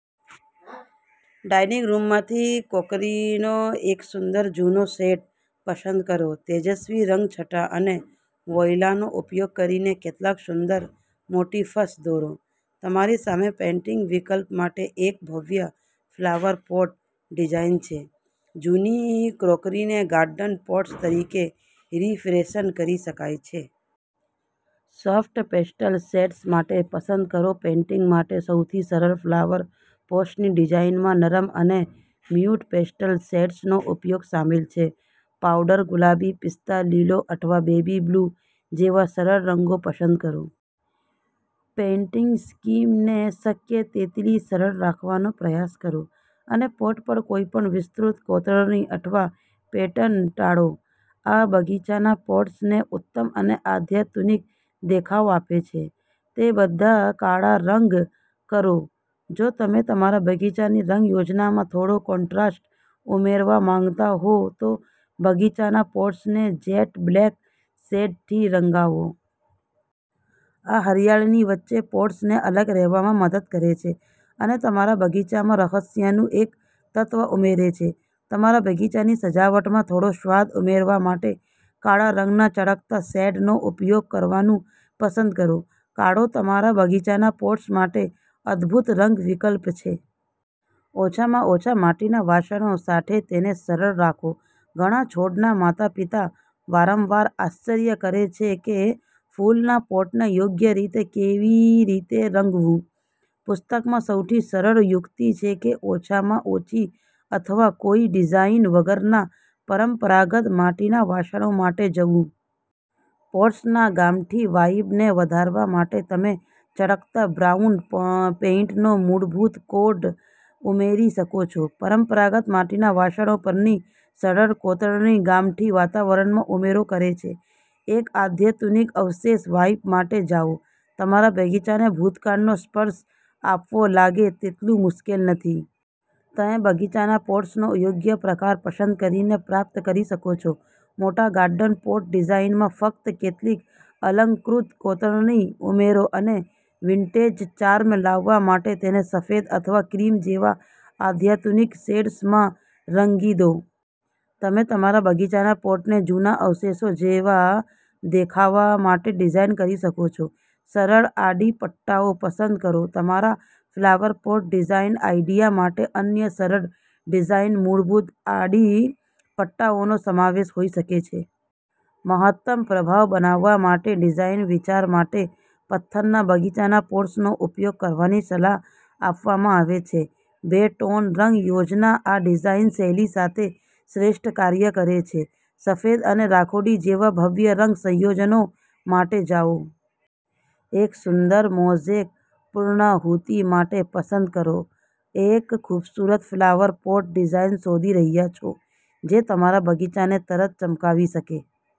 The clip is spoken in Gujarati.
ડાઇનિંગ રૂમમાંથી ક્રોકરીનો એક સુંદર જૂનો સેટ પસંદ કરો, તેજસ્વી રંગછટા અને વોઇલાનો ઉપયોગ કરીને કેટલાક સુંદર મોટિફ્સ દોરો! તમારી સામે પેઇન્ટિંગ વિકલ્પ માટે એક ભવ્ય ફ્લાવર પોટ ડિઝાઇન છે. જૂની ક્રોકરીને ગાર્ડન પોટ્સ તરીકે રિફેશન કરી શકાય છે. સોફ્ટ પેસ્ટલ શેડ્સ માટે પસંદ કરો પેઇન્ટિંગ માટે સૌથી સરળ ફ્લાવર પોટ્સની ડિઝાઇનમાં નરમ અને મ્યૂટ પેસ્ટલ શેડ્સનો ઉપયોગ શામેલ છે. પાવડર ગુલાબી, પિસ્તા લીલો અથવા બેબી બ્લુ જેવા સરળ રંગો પસંદ કરો. પેઇન્ટિંગ સ્કીમને શક્ય તેટલી સરળ રાખવાનો પ્રયાસ કરો અને પોટ પર કોઈપણ વિસ્તૃત કોતરણી અથવા પેટર્ન ટાળો. આ બગીચાના પોટ્સને ઉત્તમ અને અત્યાધુનિક દેખાવ આપે છે. તે બધા કાળા રંગ કરો જો તમે તમારા બગીચાની રંગ યોજનામાં થોડો કોન્ટ્રાસ્ટ ઉમેરવા માંગતા હો, તો બગીચાના પોટ્સને જેટ બ્લેક શેડથી રંગાવો. આ હરિયાળીની વચ્ચે પોટ્સને અલગ રહેવામાં મદદ કરે છે અને તમારા બગીચામાં રહસ્યનું એક તત્વ ઉમેરે છે. તમારા બગીચાની સજાવટમાં થોડો સ્વાદ ઉમેરવા માટે કાળા રંગના ચળકતા શેડનો ઉપયોગ કરવાનું પસંદ કરો. કાળો તમારા બગીચાના પોટ્સ માટે અદભૂત રંગ વિકલ્પ છે. ઓછામાં ઓછા માટીના વાસણો સાથે તેને સરળ રાખો ઘણા છોડના માતાપિતા વારંવાર આશ્ચર્ય કરે છે કે ફૂલના પોટને યોગ્ય રીતે કેવી રીતે રંગવું. પુસ્તકમાં સૌથી સરળ યુક્તિ છે કે ઓછામાં ઓછી અથવા કોઈ ડિઝાઇન વગરના પરંપરાગત માટીના વાસણો માટે જવું. પોટ્સના ગામઠી વાઇબને વધારવા માટે તમે ચળકતા બ્રાઉન પેઇન્ટનો મૂળભૂત કોટ ઉમેરી શકો છો. પરંપરાગત માટીના વાસણો પરની સરળ કોતરણી ગામઠી વાતાવરણમાં ઉમેરો કરે છે. એક અત્યાધુનિક અવશેષ વાઇબ માટે જાઓ તમારા બગીચાને ભૂતકાળનો સ્પર્શ આપવો લાગે તેટલું મુશ્કેલ નથી. તમે બગીચાના પોટ્સનો યોગ્ય પ્રકાર પસંદ કરીને પ્રાપ્ત કરી શકો છો. મોટા ગાર્ડન પોટ ડિઝાઇનમાં ફક્ત કેટલીક અલંકૃત કોતરણી ઉમેરો અને વિન્ટેજ ચાર્મ લાવવા માટે તેને સફેદ અથવા ક્રીમ જેવા અત્યાધુનિક શેડ્સમાં રંગી દો. તમે તમારા બગીચાના પોટને જૂના અવશેષો જેવા દેખાવા માટે ડિઝાઇન કરી શકો છો. સરળ આડી પટ્ટાઓ પસંદ કરો તમારા ફ્લાવર પોટ ડિઝાઇન આઇડિયા માટે અન્ય સરળ ડિઝાઇન મૂળભૂત આડી પટ્ટાઓનો સમાવેશ હોઈ શકે છે. મહત્તમ પ્રભાવ બનાવવા માટે ડિઝાઇન વિચાર માટે પથ્થરના બગીચાના પોટ્સનો ઉપયોગ કરવાની સલાહ આપવામાં આવે છે. બે-ટોન રંગ યોજના આ ડિઝાઇન શૈલી સાથે શ્રેષ્ઠ કાર્ય કરે છે. સફેદ અને રાખોડી જેવા ભવ્ય રંગ સંયોજનો માટે જાઓ. એક સુંદર મોઝેક પૂર્ણાહુતિ માટે પસંદ કરો એક ખૂબસૂરત ફ્લાવર પોટ ડિઝાઇન શોધી રહ્યાં છો જે તમારા બગીચાને તરત ચમકાવી શકે?